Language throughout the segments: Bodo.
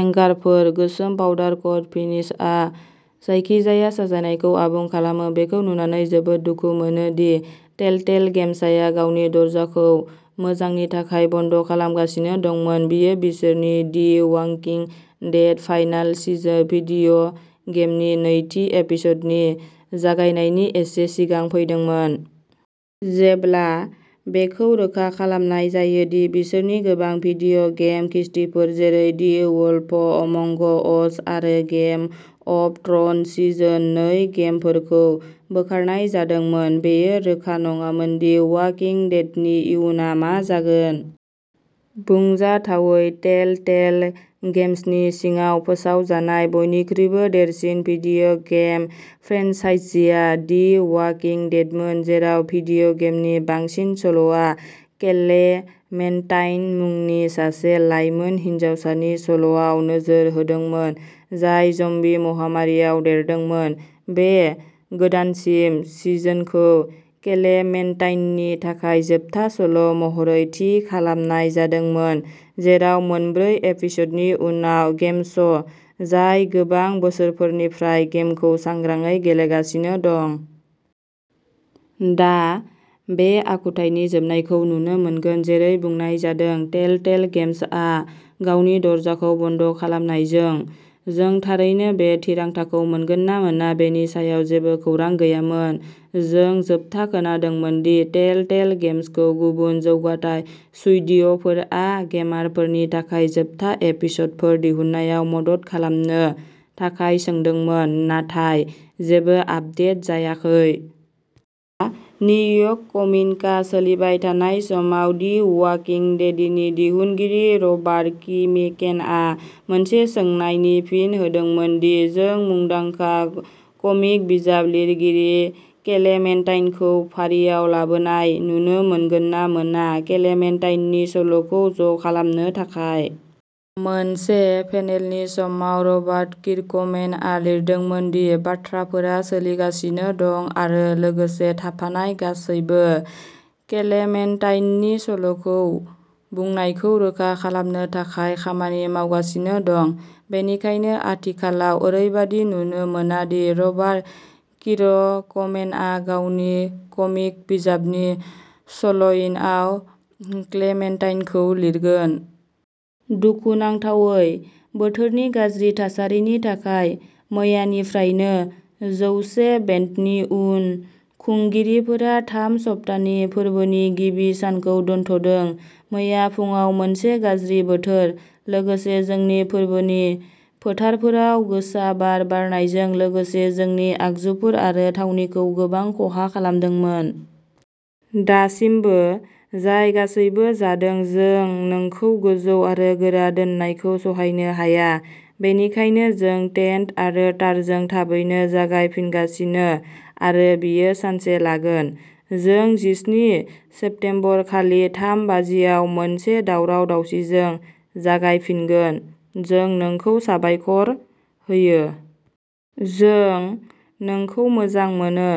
हेंगारफोर, गोसोम पाउडार-कट फिनिशआ जायखिजाया साजायनायखौ आबुं खालामो। बेखौ नुनानै जोबोद दुखु मोनो दि टेलटेल गेम्सआ गावनि दरजाखौ मोजांनि थाखाय बन्द खालामगासिनो दंमोन। बेयो बिसोरनि the walking dead final season video गेमनि नैथि एपिस'डनि जागायनायनि एसे सिगां फैदोंमोन। जेब्ला बेखौ रोखा खालामनाय जादोंमोन दि बिसोरनि गोबां भिडिअ गेम किस्तिफोर जेरै दि वुल्फ अमंग अस आरो गेम अफ थ्र'न्स सिजोन नै गेमफोरखौ बोखारनाय जादोंमोन, बेयो रोखा नङामोन दि अवाकिं डेडनि इयुनआ मा जागोन। बुंजाथावै टेलटेल गेम्सनि सिङाव फोसावजानाय बयनिख्रुइ देरसिन भिडिअ गेम फ्रेन्चाइजिआ दि अवाकिंग डेडमोन, जेराव भिडिअ गेमनि बांसिन सल'आ क्लेमेन्टाइन मुंनि सासे लाइमोन हिनजावसानि सल'आव नोजोर होदोंमोन, जाय ज'म्बि महामारिआव देरदोंमोन। बे गोदानसिन सिजोनखौ क्लेमेन्टाइननि थाखाय जोबथा सल' महरै थि खालामनाय जादोंमोन, जेराव मोनब्रै एपिस'डनि उनाव, गेमर्स जाय गोबां बोसोरफोरनिफ्राय गेमफोरखौ सांग्राङै गेलेगासिनो दं। दा बे आखुथायनि जोबनायखौ नुनो मोनगोन। जेरै बुंनाय जादों, टेलटेल गेम्सआ गावनि दरजाखौ बन्द खालामनायजों, जों थारैनो बे थिरांथाखौ मोनगोन ना मोना बेनि सायाव जेबो खौरां गैयामोन। जों जोबथा खोनादोंमोन दि टेलटेल गेम्सखौ गुबुन जौगाथाय स्टुडिय'फोरा गेमारफोरनि थाखाय जोबथा एपिस'डफोर दिहुननायाव मदद खालामनो थाखाय सोंदोंमोन, नाथाय जेबो आपदेट जायाखै। दा निउयर्क कमिक कन सोलिबाय थानाय समाव, दि अवाकिं डेडनि दिहुनगिरि रबार्ट किर्कमेनआ मोनसे सोंनायनि फिन होदोंमोन दि जों मुंदांखा कमिक बिजाब लिरगिरिखौ क्लेमेन्टाइनखौ फारिआव लाबोनाय नुनो मोनगोन ना मोना, क्लेमेन्टाइननि सल'खौ ज'खालामनो थाखाय। मोनसे पेनेलनि समाव, रबार्ट किर्कमेनआ लिरदोंमोन दि बाथ्राफोरा सोलिगासिनो दं आरो लोगोसे थाफानाय गासैबो क्लेमेन्टाइननि सल'खौ बुंनायखौ रोखा खालामनो थाखाय खामानि मावगासिनो दं। बेनिखायनो आथिखालाव, ओरैबादि नुनो मोना दि रबार्ट किर्कमेनआ गावनि कमिक बिजाबनि सल'इनआव क्लेमेन्टाइनखौ लिरगोन। दुखुनांथावै, बोथोरनि गाज्रि थासारिनि थाखाय। मैयानिफ्रायनो, जौसे बेन्डनि उन खुंगिरिफोरा थाम सप्तानि फोरबोनि गिबि सानखौ दोनथ'दों। मैया फुङाव मोनसे गाज्रि बोथोर, लोगोसे जोंनि फोरबोनि फोथारफोराव गोसा बार बारनायजों लोगोसे जोंनि आगजुफोर आरो थावनिखौ गोबां खहा खालामदोंमोन। दासिमबो जाय गासैबो जादों, जों नोंखौ गोजौ आरो गोरान दोननायखौ सहायनो हाया। बेनिखायनो जों टेन्ट आरो तारजों थाबैनो जागायफिनगासिनो आरो बेयो सानसे लागोन। जों जिस्नि सेप्तेम्बर खालि थाम बाजिआव मोनसे दावराव-दावसिजों जागायफिनगोन। जों नोंखौ साबायखर होयो। जों नोंखौ मोजां मोनो।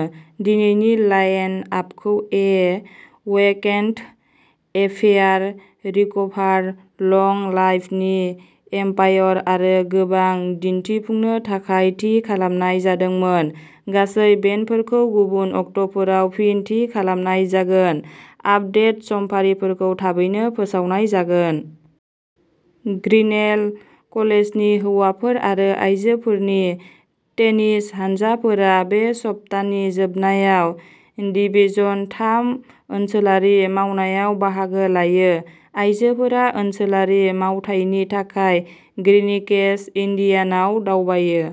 दिनैनि लाइन-आपखौ a vacant affair, recover, long live the empire आरो गोबां दिन्थिफुंनो थाखाय थि खालामनाय जादोंमोन। गासैबो बेन्डफोरखौ गुबुन अक्ट'फोराव फिन थि खालामनाय जागोन, आपडेटेड समफारिफोरखौ थाबैनो फोसावनाय जागोन। ग्रिनेल कलेजनि हौवाफोर आरो आयजोफोरनि टेनिस हानजाफोरा बे सप्तानि जोबनायाव डिभिजन थाम ओनसोलारि मावनायाव बाहागो लायो। आयजोफोरा ओनसोलारि मावथायनि थाखाय ग्रीनकेसल, इन्डियानायाव दावबायो।